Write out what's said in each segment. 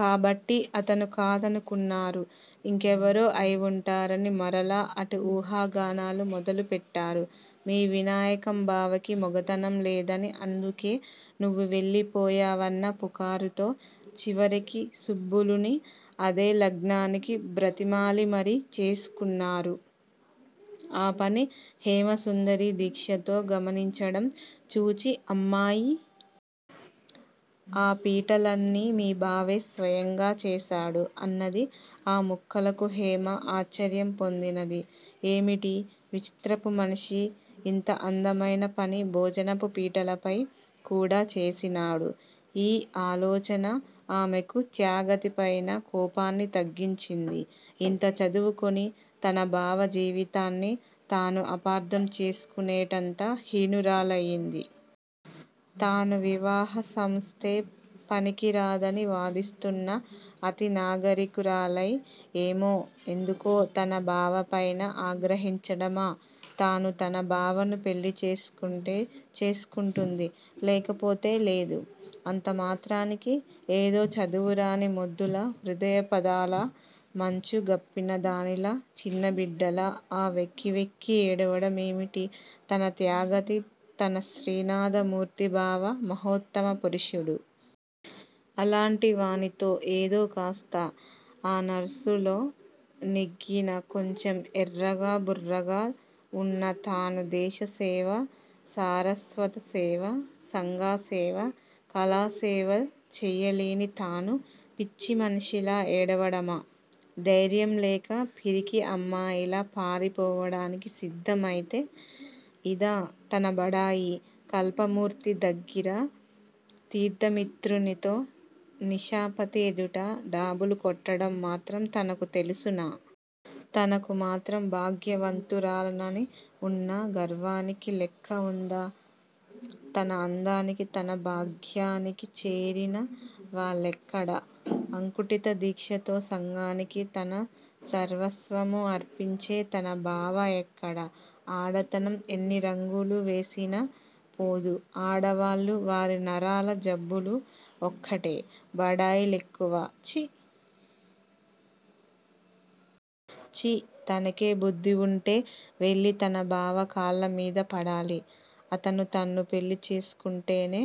కాబట్టి అతనూ కాదనుకున్నారు ఇంకెవరో అయివుంటారని మరలా అటు ఊహాగానాలు మొదలుపెట్టారు. మీ వినాయకం బావకి మొగతనం లేదని, అందుకే నువ్వు వెళ్ళిపోయావన్న పుకారుతో చివరికి సుబ్బులుని అదే లగ్నానికి బ్రతిమాలి మరీ చేసుకున్నారు. ఆ పని హేమసుందరి దీక్షతో గమనించడం చూచి, '' అమ్మాయీ! ఆ పీటలన్నీ మీ బావే స్వయంగా చేశాడు'' అన్నది. ఆ ముక్కలకు హేమ ఆశ్చర్యం పొందినది. ఏమిటీ విచిత్రపు మనిషి, ఇంత అందమైనపని భోజనపు పీటలపై కూడా చేసినాడు! ఈ ఆలోచన ఆమెకు త్యాగతిపైన కోపాన్ని తగ్గించింది. ఇంత చదువుకొని, తన బావ జీవితాన్ని తాను అపార్థం చేసుకునేటంత హీనురాలయింది. తాను వివాహసంస్థే పనికిరాదని వాదిస్తూన్న అతి నాగరికురాలై, ఏమో ఎందుకో తన బావపైన ఆగ్రహించడమా? తాను తన బావను పెళ్ళిచేసుకుంటే చేసుకుంటుంది, లేకపోతే లేదు. అంతమాత్రానికి ఏదో చదువురాని మొద్దులా, హృదయపథాల మంచు గప్పినదానిలా, చిన్న బిడ్డలా ఆ వెక్కి వెక్కి ఏడవడం ఏమిటి? తన త్యాగతి, తన శ్రీనాథమూర్తి బావ మహోత్తమ పురుషుడు. అలాంటివానితో ఏదో కాస్త ఆనర్సులో నెగ్గిన కొంచెం ఎర్రగా బుర్రగా ఉన్న తాను, దేశసేవ, సారస్వతసేవ, సంఘసేవ, కళాసేవ చేయలేని తాను, పిచ్చిమనిషిలా ఏడవడమా? ధైర్యంలేక, పిరికి అమ్మాయిలా పారిపోవడానికి సిద్దం అయితే! ఇదా తనబడాయి? కల్పమూర్తి దగ్గిర, తీర్థమిత్రునితో, నిశాపతి ఎదుట డాబులు కొట్టడం మాత్రం తనకు తెలుసునా? తనకు మాత్రం భాగ్యవంతురాలనని ఉన్న గర్వానికి లెక్కవుందా? తన అందానికీ, తన భాగ్యానికీ చేరిన వాళ్ళెక్కడ! అంకుఠితదీక్షతో సంఘానికి తన సర్వస్వము అర్పించే తన బావ ఎక్కడ! ఆడతనం ఎన్ని రంగులు వేసినా పోదు! ఆడవాళ్ళూ, వారి నరాల జబ్బులూ ఒక్కటే! బడాయి లెక్కువ! ఛీ! ఛీ! తనకే బుద్దివుంటే, వెళ్ళి తన బావ కాళ్ళమీదపడాలి. అతను తన్ను పెళ్ళిచేసుకుంటేనే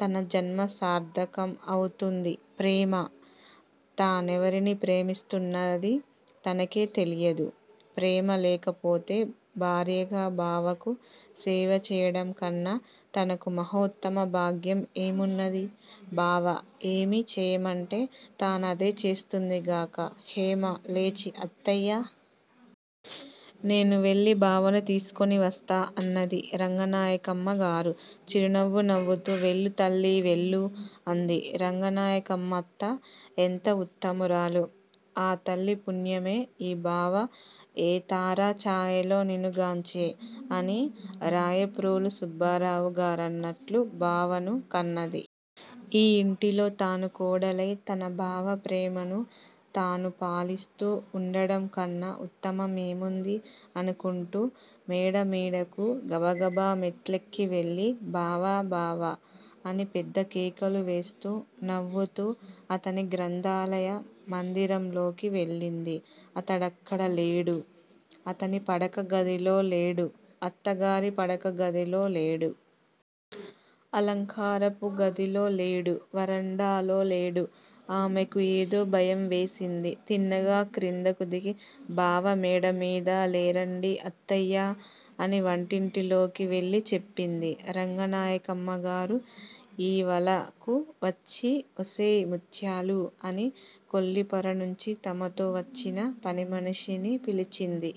తన జన్మసార్ధకం అవుతుంది. ప్రేమా? తానెవరిని ప్రేమిస్తున్నదీ తనకే తెలియదు. ప్రేమ లేకపోతే భార్యగా బావకు సేవచేయడంకన్న తనకు మహోత్తమ భాగ్యం ఏమున్నది? బావ ఏమి చేయమంటే తానదే చేస్తుందిగాక! హేమ లేచి '' అత్తయ్యా! నేను వెళ్ళి బావను తీసుకొని వస్తా '' అన్నది. రంగనాయకమ్మగారు చిరునవ్వు నవ్వుతూ '' వెళ్ళు తల్లీ వెళ్ళు '' అంది. రంగనాయకమ్మత్త ఎంత ఉత్తమురాలు. ఆ తల్లి పుణ్యమే ఈ బావ! '' ఏ తార చాయలో నినుగాంచె'' అని రాయప్రోలు సుబ్బారావుగారన్నట్లు బావను కన్నది. ఈ ఇంటిలో తాను కోడలై తన బావ ప్రేమను తాను పాలిస్తూ వుండడంకన్న ఉత్తమం ఏముంది? అనుకుంటూ మేడమీడకు గబగబ మెట్లెక్కి వెళ్ళి '' బావా! బావా! '' అని పెద్దకేకలువేస్తూ, నవ్వుతూ అతని గ్రంథాలయ మందిరంలోకి వెళ్ళింది. అతడక్కడలేడు. అతని పడక గదిలో లేడు, అత్తగారి పడకగదిలో లేడు. అలంకారపు గదిలో లేడు. వరండాలో లేడు. ఆమెకు ఏదో భయం వేసింది తిన్నగా క్రిందకు దిగి, '' బావ మేడమీద లేరండీ అత్తయ్యా? '' అని వంటింటిలోకి వెళ్ళి చెప్పింది. రంగనాయకమ్మగారు ఈవలకు వచ్చి ''ఒసే ముత్యాలూ! '' అని కొల్లిపరనుంచి తమతో వచ్చిన పనిమనిషిని పిలిచింది.